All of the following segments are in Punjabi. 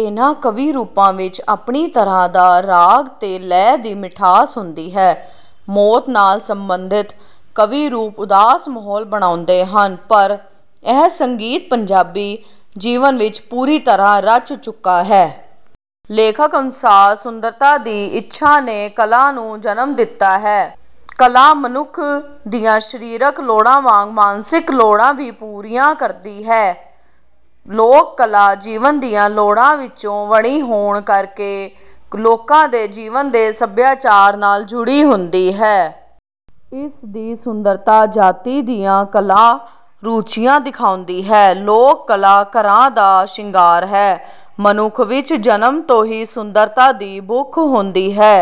ਇਨ੍ਹਾਂ ਕਵੀ ਰੂਪਾਂ ਵਿੱਚ ਆਪਣੀ ਤਰ੍ਹਾਂ ਦਾ ਰਾਗ ਤੇ ਲੈਅ ਦੀ ਮਿਠਾਸ ਹੁੰਦੀ ਹੈ। ਮੌਤ ਨਾਲ ਸਬੰਧਤ ਕਵੀ ਰੂਪ ਉਦਾਸ ਮਾਹੌਲ ਬਣਾਉਂਦੇ ਹਨ ਪਰ ਇਹ ਸੰਗੀਤ ਪੰਜਾਬੀ ਜੀਵਨ ਵਿੱਚ ਪੂਰੀ ਤਰ੍ਹਾਂ ਰਚ ਚੁੱਕਾ ਹੈ। ਲੇਖਕ ਅਨੁਸਾਰ ਸੁੰਦਰਤਾ ਦੀ ਇੱਛਾ ਨੇ ਕਲਾ ਨੂੰ ਜਨਮ ਦਿੱਤਾ ਹੈ। ਕਲਾ ਮਨੁੱਖ ਦੀਆਂ ਸਰੀਰਕ ਲੋੜਾਂ ਵਾਂਗ ਮਾਨਸਿਕ ਲੋੜਾਂ ਵੀ ਪੂਰੀਆਂ ਕਰਦੀ ਹੈ। ਲੋਕ ਕਲਾ ਜੀਵਨ ਦੀਆਂ ਲੋੜਾਂ ਵਿੱਚੋਂ ਬਣੀ ਹੋਣ ਕਰਕੇ ਲੋਕਾਂ ਦੇ ਜੀਵਨ ਤੇ ਸੱਭਿਆਚਾਰ ਨਾਲ ਜੁੜੀ ਹੁੰਦੀ ਹੈ। ਇਸ ਦੀ ਸੁੰਦਰਤਾ ਜਾਤੀ ਦੀਆਂ ਕਲਾ ਰੁਚੀਆਂ ਦਿਖਾਉਂਦੀ ਹੈ। ਲੋਕ ਕਲਾ ਘਰਾਂ ਦਾ ਸ਼ਿੰਗਾਰ ਹੈ। ਮਨੁੱਖ ਵਿੱਚ ਜਨਮ ਤੋਂ ਹੀ ਸੁੰਦਰਤਾ ਦੀ ਭੁੱਖ ਹੁੰਦੀ ਹੈ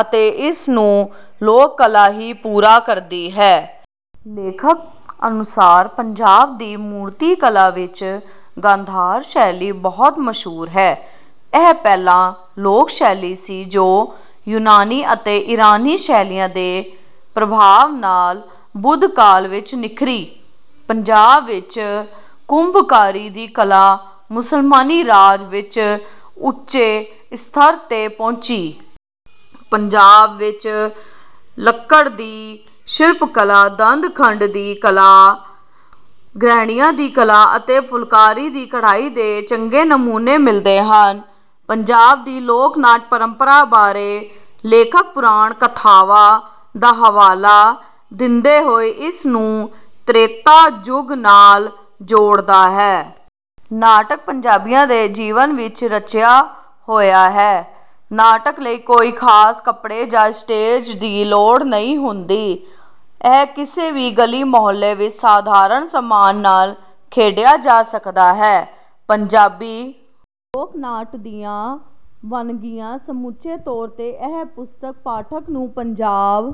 ਅਤੇ ਇਸ ਨੂੰ ਲੋਕ ਕਲਾ ਹੀ ਪੂਰਾ ਕਰਦੀ ਹੈ। ਲੇਖਕ ਅਨੁਸਾਰ ਪੰਜਾਬ ਦੀ ਮੂਰਤੀ ਕਲਾ ਵਿੱਚ ਗੰਧਾਰ ਸ਼ੈਲੀ ਬਹੁਤ ਮਸ਼ਹੂਰ ਹੈ। ਇਹ ਪਹਿਲਾਂ ਲੋਕ ਸ਼ੈਲੀ ਸੀ ਜੋ ਯੂਨਾਨੀ ਅਤੇ ਈਰਾਨੀ ਸ਼ੈਲੀਆਂ ਦੇ ਪ੍ਰਭਾਵ ਨਾਲ ਬੁੱਧ ਕਾਲ ਵਿੱਚ ਨਿਖਰੀ। ਪੰਜਾਬ ਵਿੱਚ ਕੁੰਭਕਾਰੀ ਦੀ ਕਲਾ ਮੁਸਲਮਾਨੀ ਰਾਜ ਵਿੱਚ ਉੱਚੇ ਸ੍ਤਰ ਤੇ ਪਹੁੰਚੀ। ਪੰਜਾਬ ਵਿੱਚ ਲੱਕੜ ਦੀ ਸ਼ਿਲਪ ਕਲਾ ਦੰਦ-ਖੰਡ ਦੀ ਕਲਾ ਗਹਿਣਿਆਂ ਦੀ ਕਲਾ ਅਤੇ ਫੁਲਕਾਰੀ ਦੀ ਕਢਾਈ ਦੇ ਚੰਗੇ ਨਮੂਨੇ ਮਿਲਦੇ ਹਨ। ਪੰਜਾਬ ਦੀ ਲੋਕ ਨਾਟ ਪਰੰਪਰਾ ਬਾਰੇ ਲੇਖਕ ਪੁਰਾਣ ਕਥਾਵਾਂ ਦਾ ਹਵਾਲਾ ਦਿੰਦੇ ਹੋਏ ਇਸ ਨੂੰ ਤ੍ਰੇਤਾ ਯੁੱਗ ਨਾਲ ਜੋੜਦਾ ਹੈ। ਨਾਟਕ ਪੰਜਾਬੀਆਂ ਦੇ ਜੀਵਨ ਵਿੱਚ ਰਚਿਆ ਹੋਇਆ ਹੈ। ਨਾਟਕ ਲਈ ਕੋਈ ਖਾਸ ਕੱਪੜੇ ਜਾਂ ਸਟੇਜ ਦੀ ਲੋੜ ਨਹੀਂ ਹੁੰਦੀ ਇਹ ਕਿਸੇ ਵੀ ਗਲੀ ਮੁਹੱਲੇ ਵਿੱਚ ਸਾਧਾਰਨ ਸਮਾਨ ਨਾਲ ਖੇਡਿਆ ਜਾ ਸਕਦਾ ਹੈ। ਪੰਜਾਬੀ ਲੋਕ ਨਾਟ ਦੀਆਂ ਵੰਨਗੀਆਂ ਸਮੁੱਚੇ ਤੌਰ ਤੇ ਇਹ ਪੁਸਤਕ ਪਾਠਕ ਨੂੰ ਪੰਜਾਬ